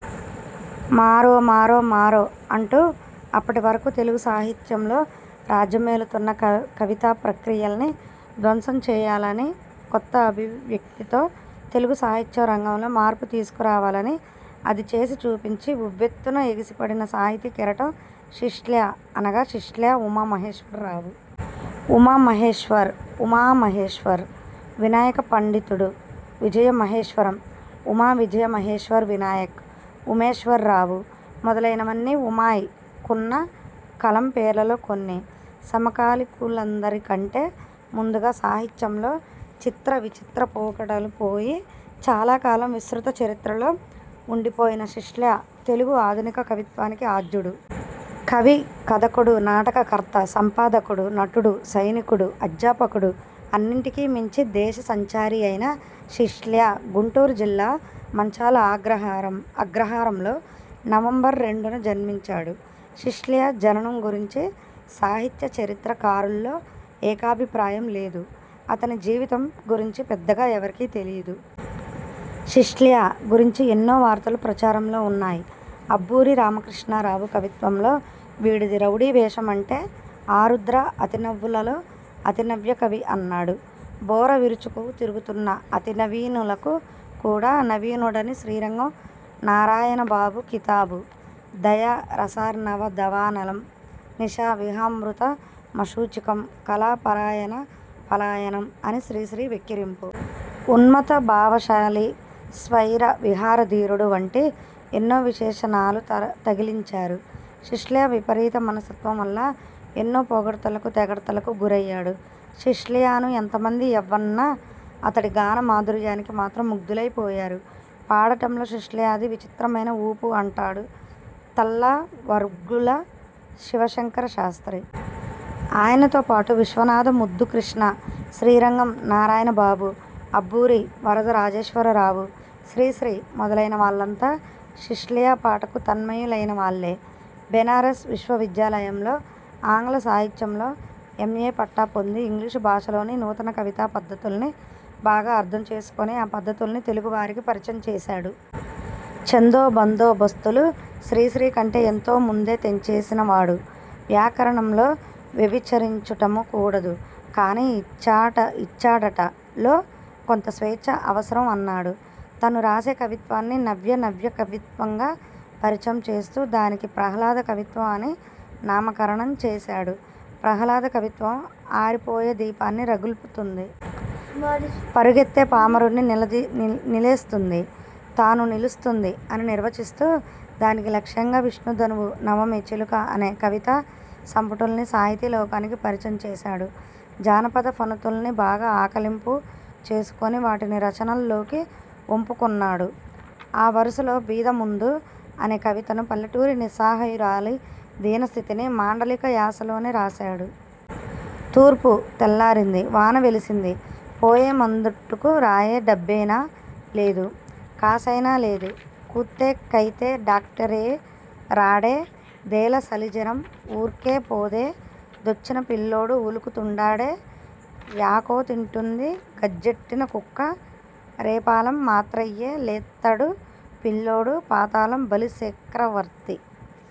మారో మారో మారో' అంటూ అప్పటి వరకు తెలుగు సాహిత్యంలో రాజ్య మేలుతున్న కవితా ప్రక్రియల్ని ధ్వంసం చేయాలని, కొత్త అభివ్యక్తి తో తెలుగు సాహిత్య రంగంలో మార్పు తీసుకు రావాలని, అది చేసి చూపించి, ఉవ్వెత్తున ఎగిసిపడిన సాహితీ కెరటం శిష్ట్లా, అనగా శిష్ట్లా ఉమా మహేశ్వర రావు. ఉమా, మహేశ్వర్, ఉమా మహేశ్వర్, వినాయక పండితుడు, విజయ మహేశ్వరం, ఉమా విజయ మహేశ్వర వినాయక్, ఉమేశ్వర రావు మొదలైన వన్నీ 'ఉమాయ్'కున్న కలం పేర్లలో కొన్ని. సమకాలికులందరికంటే ముందుగా సాహిత్యంలో చిత్ర విచిత్ర పోకడలు పోయి, చాలా కాలం విస్మృత చరిత్రలో ఉండి పోయిన శిష్ట్లా తెలుగు ఆధునిక కవిత్వానికి ఆద్యుడు. కవి, కథకుడు, నాటక కర్త, సంపాదకుడు, నటుడు, సైనికుడు, అధ్యాపకుడు, అన్నిటికీ మించి దేశ సంచారి అయిన శిష్ట్లా గుంటూరు జిల్లా మంచాళఆగ్రహం అగ్రహారంలో, నవంబర్ రెండున జన్మించాడు. శిష్ట్లా జననం గురించి సాహిత్య చరిత్ర కారుల్లో ఏకాభి ప్రాయం లేదు. అతని జీవితం గురించి పెద్దగా ఎవరికీ తెలీదు. శిష్ట్లా గురించి ఎన్నో వార్తలు ప్రచారంలో ఉన్నాయ్. అబ్బూరి రామకృష్ణా రావు కవిత్వంలో వీడిది రౌడీ వేషం అంటే, ఆరుద్ర అతి నవ్యులలో అతి నవ్యకవి అన్నాడు. బోర విరుచుకు తిరుగుతున్న అతి నవీనులకు కూడా నవీనుడని శ్రీరంగం నారా యణబాబు కితాబు. దయా రసార్ణవ దవానలం, నిషా విహామృత మశూచికం, కళా పరాయణ పలాయనం అని శ్రీశ్రీ వెక్కిరింపు. ఉన్మత్త భావశాలి, స్వైర విహారధీరుడు వంటి ఎన్నో విశేషణాలు తగిలించారు. శిష్ట్లా విపరీత మనస్తత్వం వల్ల ఎన్నో పొగడ్తలకు, తెగడ్తలకు గురయ్యాడు. శిష్ట్లాను ఎంత మంది ఎన్నన్నా అతడి గాన మాధుర్యానికి మాత్రం ముగ్ధులై పోయారు. పాడటంలో శిష్ట్లాది విచిత్రమైన ఊపు అంటాడు తల్లా వఝ్ఝల శివశంకర శాస్త్రి. ఆయనతో పాటు, విశ్వనాథ, ముద్దు కృష్ణ, శ్రీరంగం నారాయణ బాబు, అబ్బూరి వరద రాజేశ్వర రావు, శ్రీశ్రీ మొదలైన వాళ్లంతా శిష్ట్లా పాటకు తన్మయు లైనవాళ్లే. బెనారస్ విశ్వ విద్యాలయంలో ఆంగ్ల సాహిత్యంలో ఎం. ఏ. పట్టా పొంది, ఇంగ్లీషు భాషలోని నూతన కవితా పద్ధతుల్ని బాగా అర్థం చేసుకుని, ఆ పద్ధతుల్ని తెలుగు వారికి పరిచయం చేశాడు. ఛందో బందో బస్తులు శ్రీశ్రీ కంటే ఎంతో ముందే తెంచేసిన వాడు. ''వ్యాకరణంలో వ్యభిచరించటము కూడదు కాని ఇచ్చాడట లో కొంత స్వేచ్ఛ అవసరం! అన్నాడు. తను రాసే కవిత్వాన్ని నవ్య నవ్యకవిత్వంగా పరిచయం చేస్తూ, దానికి ప్రాహ్లాద కవిత్వం అని నామకరణం చేశాడు. ప్రాహ్లాద కవిత్వం ఆరిపోయే దీపాన్ని రగుల్పుతుంది! పరుగెత్తే పామరుణ్ణినీలా నిలేస్తుంది! తాను నిలుస్తుంది అని నిర్వచిస్తూ, దానికి లక్ష్యంగా విష్ణు ధనువు, నవమి చిలుక అనే కవితా సంపుటుల్ని సాహితీ లోకానికి పరిచయం చేశాడు. జానపద ఫణుతుల్ని బాగా ఆకళింపు చేసుకుని, వాటిని రచనల్లోకి ఒంపు కున్నాడు. ఆ వరుసలో 'బీదమందు' అనే కవితను పల్లెటూరి నిస్సహాయురాలి దీనస్థితిని మాండలిక యాసలోనే రాశాడు. 'తూర్పు తెల్లారింది, వాన వెలిసింది! పోయే మందెట్టుకు రాయే! డబ్బైనా లేదు. కాసైనా లేదు! కూత్తె కేౖతే డాక్టేరు రాడే! దేళ సలిజరం ఊర్కే పోదే! దొచ్చిన పిల్లోడు ఉలుకు తుండాడే! యాకో తింటుంది గజ్జెట్టిన కుక్క! రేపాళం మాత్రెయ్యే, లేత్తాడు, పిల్లోడు! పాతాళం బలి సెక్రవర్తీ!